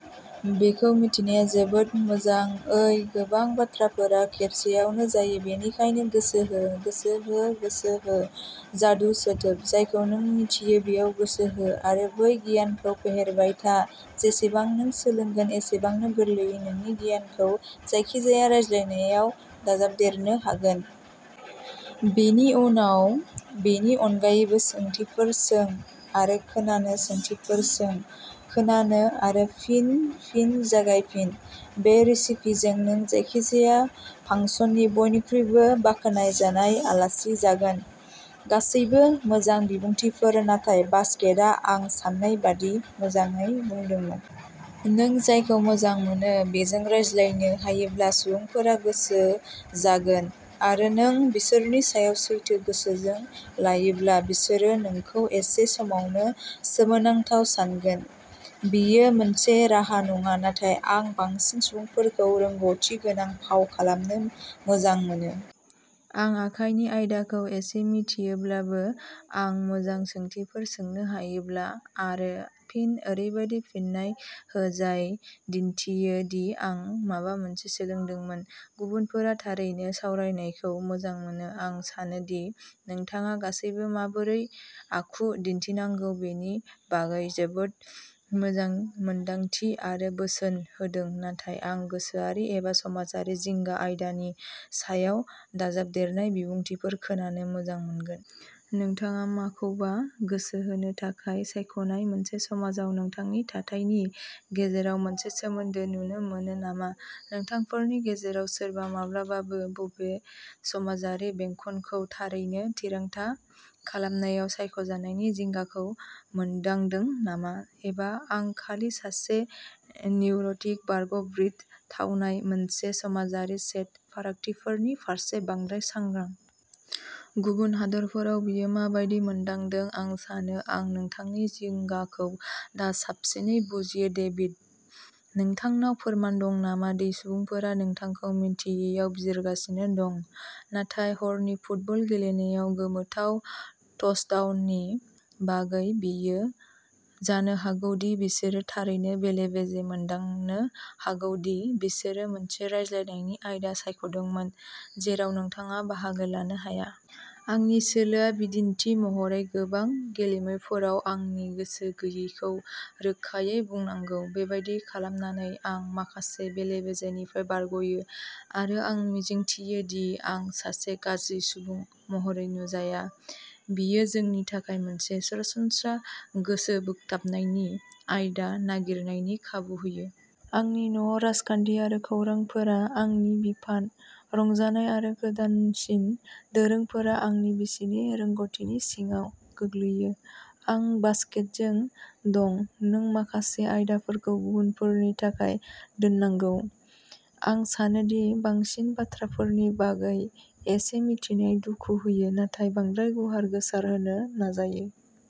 बेखौ मिथिनाया जोबोद मोजां। ओइ गोबां बाथ्राफोरा खेबसेआवनो जायो। बेनिखायनो गोसो हो, गोसो हो, गोसो हो, जादु सोदोब। जायखौ नों मिन्थियो बेयाव गोसो हो आरो बै गियानखौ फेहेरबाय था। जेसेबां नों सोलोंगोन एसेबांनो गोरलैयै नोंनि गियानखौ जायखिजाया रायज्लायनायाव दाजाबदेरनो हागोन। बेनि उनाव, बेनि अनगायैबो, सोंथिफोर सों आरो खोनानो, सोंथिफोर सों खोनानो, आरो फिन, फिन जागायफिन। बे रेसिपिजों, नों जायखिजाया फांसननि बयनिख्रुइबो बाखनायजानाय आलासि जागोन। गासैबो मोजां बिबुंथिफोर, नाथाय बासकेटआ आं सान्नाय बायदि मोजाङै बुंदोंमोन। नों जायखौ मोजां मोनो बेजों रायज्लायनो हायोब्ला, सुबुंफोरा गोसो जागोन, आरो नों बिसोरनि सायाव सैथो गोसोजों लायोब्ला, बिसोरो नोंखौ एसे समावनो सोमोनांथाव सानगोन! बेयो मोनसे राहा नङा, नाथाय आं बांसिन सुबुंफोरखौ रोंग'थि गोनां फाव खालामनो मोजां मोनो। आं आखाइनि आयदाखौ एसे मिथियोब्लाबो, आं मोजां सोंथिफोर सोंनो हायोब्ला आरो फिन ओरैबायदि फिन्नाय हो जाय दिन्थियो दि आं माबा मोनसे सोलोंदोंमोन, गुबुनफोरा थारैनो सावरायनायखौ मोजां मोनो।। आं सानो दि नोंथाङा गासैबो माबोरै आखु दिन्थिनांगौ बेनि बागै जोबोद मोजां मोनदांथि आरो बोसोन होदों, नाथाय आं "गोसोआरि एबा समाजारि जिंगा" आयदानि सायाव दाजाबदेरनाय बिबुंथिफोर खोनानो मोजां मोनगोन। नोंथाङा माखौबा गोसो होनो थाखाय सायख'नाय मोनसे समाजआव नोंथांनि "थाथाय" नि गेजेराव मोनसे सोमोन्दो नुनो मोनो नामा? नोंथांफोरनि गेजेराव सोरबा माब्लाबाबो बबे समाजारि बेंखनखौ "थारैनो" थिरांथा खालामनायाव सायख'जानायनि जिंगाखौ मोनदांदों नामा? एबा आं खालि सासे निउर'टिक बारग'ब्रिट, थावनाय मोनसे समाजारि सेट फारागथिफोरनि फारसे बांद्राय सांग्रां? गुबुन हादोरफोराव बेयो मा बायदि "मोनदांदों? आं सानो आं नोंथांनि जिंगाखौ दा साबसिनै बुजियो, डेभिड। नोंथांनाव फोरमान दं नामा दि सुबुंफोरा नोंथांखौ मिन्थियैयाव बिजिरगासिनो दं। नाथाय हरनि फुटबल गेलेनायाव गोमोथाव टचडाउननि बागै? बेयो जानो हागौ दि बिसोरो थारैनो बेले बेजे मोनदांनो हागौ दि बिसोरो मोनसे रायज्लायनायनि आयदा सायख'दोंमोन जेराव नोंथाङा बाहागो लानो हाया? आंनि सोलोआ, बिदिन्थि महरै, गोबां गेलेमुफोराव आंनि गोसो गैयैखौ रोखायै बुंनांगौ। बेबादि खालामनानै, आं माखासे बेले बेजेनिफ्राय बारग'यो, आरो आं मिजिंथियो दि आं सासे गाज्रि सुबुं महरै नुजाया। बेयो जोंनि थाखाय मोनसे सरासनस्रा गोसोबोगथाबनायनि आयदा नागिरनायनि खाबु होयो। आंनि न'आव, राजखान्थि आरो खौरांफोरा आंनि बिफान। रंजानाय आरो गोदानसिन दोरोंफोरा, आंनि बिसिनि रोंग'थिनि सिङाव गोग्लैयो। आं बासकेटजों दं नों माखासे आयदाफोरखौ गुबुनफोरनि थाखाय दोननांगौ! आं सानो दि बांसिन बाथ्राफोरनि बागै एसे मिथिनाया दुखु होयो, नाथाय बांद्राय गुवार गोसारहोनो नाजायो।